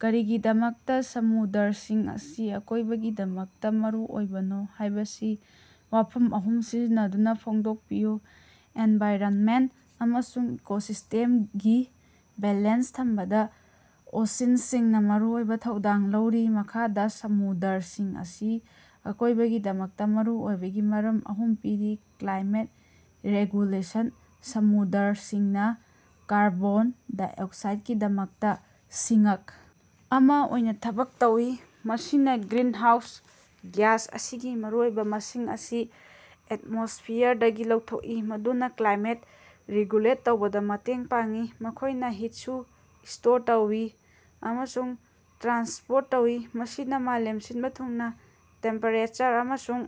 ꯀꯔꯤꯒꯤꯗꯃꯛꯇꯥ ꯁꯃꯨꯗ꯭ꯔꯁꯤꯡ ꯑꯁꯤ ꯑꯀꯣꯏꯕꯒꯤꯗꯃꯛꯇꯥ ꯃꯔꯨꯑꯣꯏꯕꯅꯣ ꯍꯥꯏꯕꯁꯤ ꯋꯥꯐꯝ ꯑꯍꯨꯝ ꯁꯤꯖꯤꯟꯅꯗꯨꯅꯥ ꯐꯣꯡꯗꯣꯛꯄꯤꯌꯨ꯫ ꯑꯦꯟꯚꯥꯏꯔꯟꯃꯦꯟ ꯑꯃꯁꯨꯡ ꯏꯀꯣꯁꯤꯁꯇꯦꯝꯒꯤ ꯕꯦꯂꯦꯟꯁ ꯊꯝꯕꯗꯥ ꯑꯣꯁꯤꯟꯁꯤꯡꯅꯥ ꯃꯔꯨꯑꯣꯏꯕ ꯊꯧꯗꯥꯡ ꯂꯧꯔꯤ꯫ ꯃꯈꯥꯗ ꯁꯃꯨꯗ꯭ꯔꯁꯤꯡ ꯑꯁꯤ ꯑꯀꯣꯏꯕꯒꯤꯗꯃꯛꯇꯥ ꯃꯔꯨꯑꯣꯏꯕꯒꯤ ꯃꯔꯝ ꯑꯍꯨꯝ ꯄꯤꯔꯤ: ꯀ꯭ꯂꯥꯏꯃꯦꯠ ꯔꯦꯒꯨꯂꯦꯁꯟ: ꯁꯃꯨꯗ꯭ꯔꯁꯤꯡꯅꯥ ꯀꯥꯔꯕꯣꯟ ꯗꯥꯏꯑꯣꯛꯁꯥꯏꯠꯀꯤꯗꯃꯛꯇꯥ "ꯁꯤꯉ꯭ꯛ" ꯑꯃ ꯑꯣꯏꯅ ꯊꯕꯛ ꯇꯧꯏ, ꯃꯁꯤꯅ ꯒ꯭ꯔꯤꯟ ꯍꯥꯎꯁ ꯒ꯭ꯌꯥꯁ ꯑꯁꯤꯒꯤ ꯃꯔꯨꯑꯣꯏꯕ ꯃꯁꯤꯡ ꯑꯁꯤ ꯑꯦꯠꯃꯣꯁꯐꯤꯌꯔꯗꯒꯤ ꯂꯧꯊꯣꯛꯏ, ꯃꯗꯨꯅ ꯀ꯭ꯂꯥꯏꯃꯦꯠ ꯔꯤꯒꯨꯂꯦꯠ ꯇꯧꯕꯗ ꯃꯇꯦꯡ ꯄꯥꯡꯏ꯫ ꯃꯈꯣꯏꯅ ꯍꯤꯠꯁꯨ ꯁ꯭ꯇꯣꯔ ꯇꯧꯏ ꯑꯃꯁꯨꯡ ꯇ꯭ꯔꯥꯟꯁꯄꯣꯔꯠ ꯇꯧꯏ, ꯃꯁꯤꯅ ꯃꯥꯂꯦꯝ ꯁꯤꯟꯕ ꯊꯨꯡꯅꯥ ꯇꯦꯝꯄꯦꯔꯦꯆꯔ ꯑꯃꯁꯨꯡ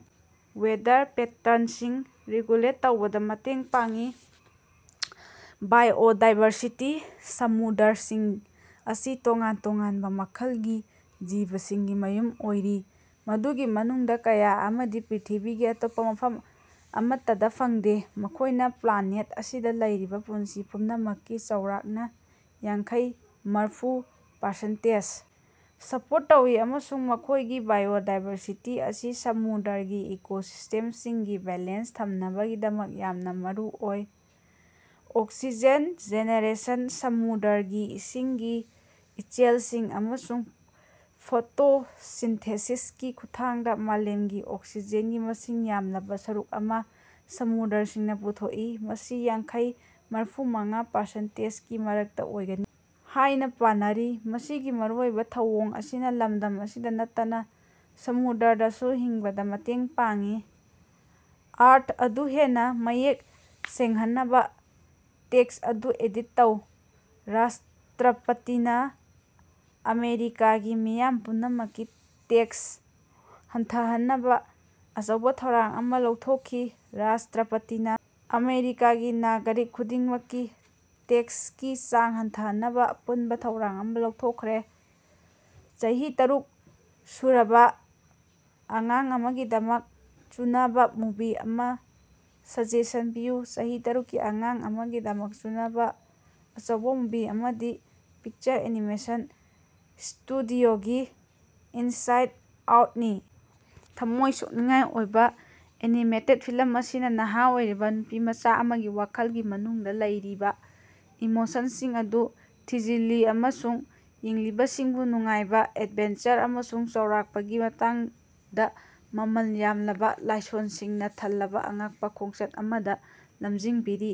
ꯋꯦꯗꯔ ꯄꯦꯇꯔꯟꯁꯤꯡ ꯔꯤꯒꯨꯂꯦꯠ ꯇꯧꯕꯗ ꯃꯇꯦꯡ ꯄꯥꯡꯏ꯫ ꯕꯥꯏꯑꯣꯗꯥꯏꯕꯔꯁꯤꯇꯤ: ꯁꯃꯨꯗ꯭ꯔꯁꯤꯡ ꯑꯁꯤ ꯇꯣꯉꯥꯟ ꯇꯣꯉꯥꯟꯕ ꯃꯈꯜꯒꯤ ꯖꯤꯕꯁꯤꯡꯒꯤ ꯃꯌꯨꯝ ꯑꯣꯏꯔꯤ, ꯃꯗꯨꯒꯤ ꯃꯅꯨꯡꯗꯥ ꯀꯌꯥ ꯑꯃꯗꯤ ꯄ꯭ꯔ꯭ꯤꯊꯤꯕꯤꯒꯤ ꯑꯇꯣꯞꯄ ꯃꯐꯝ ꯑꯃꯠꯇꯗꯥ ꯐꯪꯗꯦ꯫ ꯃꯈꯣꯏꯅ ꯄ꯭ꯂꯥꯟꯅꯦꯠ ꯑꯁꯤꯗ ꯂꯩꯔꯤꯕ ꯄꯨꯟꯁꯤ ꯄꯨꯝꯅꯃꯛꯀꯤ ꯆꯥꯎꯔꯛꯅ ꯌꯥꯡꯈꯩ-ꯃꯔꯐꯨ ꯄꯥꯔꯁꯦꯟꯇꯦꯟꯁ ꯁ꯭ꯄꯣꯔꯠ ꯇꯧꯏ, ꯑꯃꯁꯨꯡ ꯃꯈꯣꯏꯒꯤ ꯕꯥꯏꯑꯣꯗꯥꯏꯕꯔꯁꯤꯇꯤ ꯑꯁꯤ ꯁꯃꯨꯗ꯭ꯔꯒꯤ ꯏꯀꯣꯁꯤꯁ꯭ꯇꯦꯝꯁꯤꯡꯒꯤ ꯕꯦꯂꯦꯟꯁ ꯊꯝꯅꯕꯒꯤꯗꯃꯛ ꯌꯥꯝꯅ ꯃꯔꯨꯑꯣꯏ꯫ ꯑꯣꯛꯁꯤꯖꯦꯟ ꯖꯦꯅꯦꯔꯦꯁꯟ: ꯁꯃꯨꯗ꯭ꯔꯒꯤ ꯏꯁꯤꯡꯒꯤ ꯏꯆꯦꯜꯁꯤꯡ ꯑꯃꯁꯨꯡ ꯐꯣꯇꯣꯁꯤꯟꯊꯦꯁꯤꯁꯀꯤ ꯈꯨꯠꯊꯥꯡꯗ ꯃꯥꯂꯦꯝꯒꯤ ꯑꯣꯛꯁꯤꯖꯦꯟꯒꯤ ꯃꯁꯤꯡ ꯌꯥꯝꯂꯕ ꯁꯔꯨꯛ ꯑꯃ ꯁꯃꯨꯗ꯭ꯔꯁꯤꯡꯅꯥ ꯄꯨꯊꯣꯛꯏ, ꯃꯁꯤ ꯌꯥꯡꯈꯩ-ꯃꯔꯐꯨꯃꯉꯥ ꯄꯔꯁꯦꯟꯇꯦꯟꯁꯒꯤ ꯃꯔꯛꯇꯥ ꯑꯣꯏꯒꯅꯤ ꯍꯥꯏꯅ ꯄꯥꯅꯔꯤ꯫ ꯃꯁꯤꯒꯤ ꯃꯔꯨꯑꯣꯏꯕ ꯊꯧꯑꯣꯡ ꯑꯁꯤꯅ ꯂꯝꯗꯝ ꯑꯁꯤꯗ ꯅꯠꯇꯅ ꯁꯃꯨꯗ꯭ꯔꯗꯁꯨ ꯍꯤꯡꯕꯗꯥ ꯃꯇꯦꯡ ꯄꯥꯡꯏ꯫ ꯑꯔꯊ ꯑꯗꯨ ꯍꯦꯟꯅꯥ ꯃꯌꯦꯛ ꯁꯦꯡꯍꯟꯅꯕꯥ ꯇꯦꯛꯁ ꯑꯗꯨ ꯑꯦꯗꯤꯠ ꯇꯧ꯫ ꯔꯥꯁꯇ꯭ꯔꯥꯄꯇꯤꯅꯥ ꯑꯃꯦꯔꯤꯀꯥꯒꯤ ꯃꯤꯌꯥꯝ ꯄꯨꯝꯅꯃꯛꯀꯤ ꯇꯦꯛꯁ ꯍꯟꯊꯍꯟꯅꯕꯥ ꯑꯆꯧꯕꯥ ꯊꯧꯔꯥꯡ ꯑꯃ ꯂꯥꯎꯊꯣꯛꯈꯤ꯫ ꯔꯥꯁꯇ꯭ꯔꯥꯄꯇꯤꯅꯥ ꯑꯃꯦꯔꯤꯀꯥꯒꯤ ꯅꯥꯒ꯭ꯔꯤꯛ ꯈꯨꯗꯤꯡꯃꯛꯀꯤ ꯇꯦꯛꯁꯀꯤ ꯆꯥꯡ ꯍꯟꯊꯍꯟꯅꯕꯥ ꯑꯄꯨꯟꯕꯥ ꯊꯧꯔꯥꯡ ꯑꯃ ꯂꯥꯎꯊꯣꯛꯈ꯭ꯔꯦ꯫ ꯆꯍꯤ ꯇꯔꯨꯛ ꯁꯨꯔꯕꯥ ꯑꯉꯥꯡ ꯑꯃꯒꯤꯗꯃꯛ ꯆꯨꯅꯕꯥ ꯃꯨꯚꯤ ꯑꯃ ꯁꯖꯦꯁꯟ ꯄꯤꯌꯨ꯫ ꯆꯍꯤ ꯇꯔꯨꯛꯀꯤ ꯑꯉꯥꯡ ꯑꯃꯒꯤꯗꯃꯛ ꯆꯨꯅꯕꯥ ꯑꯆꯧꯕ ꯃꯨꯚꯤ ꯑꯃꯗꯤ ꯄꯤꯛꯆꯔ ꯑꯦꯅꯤꯃꯦꯁꯟ ꯁ꯭ꯇꯨꯗꯤꯑꯣꯒꯤ "ꯏꯟꯁꯥꯏꯠ ꯑꯥꯎꯠ"ꯅꯤ꯫ ꯊꯃꯣꯏ ꯁꯣꯛꯅꯤꯡꯉꯥꯏ ꯑꯣꯏꯕ ꯑꯦꯅꯤꯃꯦꯇꯦꯠ ꯐꯤꯂꯝ ꯑꯁꯤꯅ ꯅꯍꯥ ꯑꯣꯏꯔꯤꯕ ꯅꯨꯄꯤꯃꯆꯥ ꯑꯃꯒꯤ ꯋꯥꯈꯜꯒꯤ ꯃꯅꯨꯡꯗ ꯂꯩꯔꯤꯕ ꯏꯃꯣꯁꯟꯁꯤꯡ ꯑꯗꯨ ꯊꯤꯖꯤꯜꯂꯤ ꯑꯃꯁꯨꯡ ꯌꯦꯡꯂꯤꯕꯁꯤꯡꯕꯨ ꯅꯨꯡꯉꯥꯏꯕ, ꯑꯦꯗꯚꯦꯟꯆꯔ ꯑꯃꯁꯨꯡ ꯆꯥꯎꯔꯛꯄꯒꯤ ꯃꯇꯥꯡꯗ ꯃꯃꯜ ꯌꯥꯝꯂꯕ ꯂꯥꯏꯁꯣꯟꯁꯤꯡꯅ ꯊꯜꯂꯕ ꯑꯉꯛꯄꯥ ꯈꯣꯡꯆꯠ ꯑꯃꯗ ꯂꯝꯖꯤꯡꯕꯤꯔꯤ꯫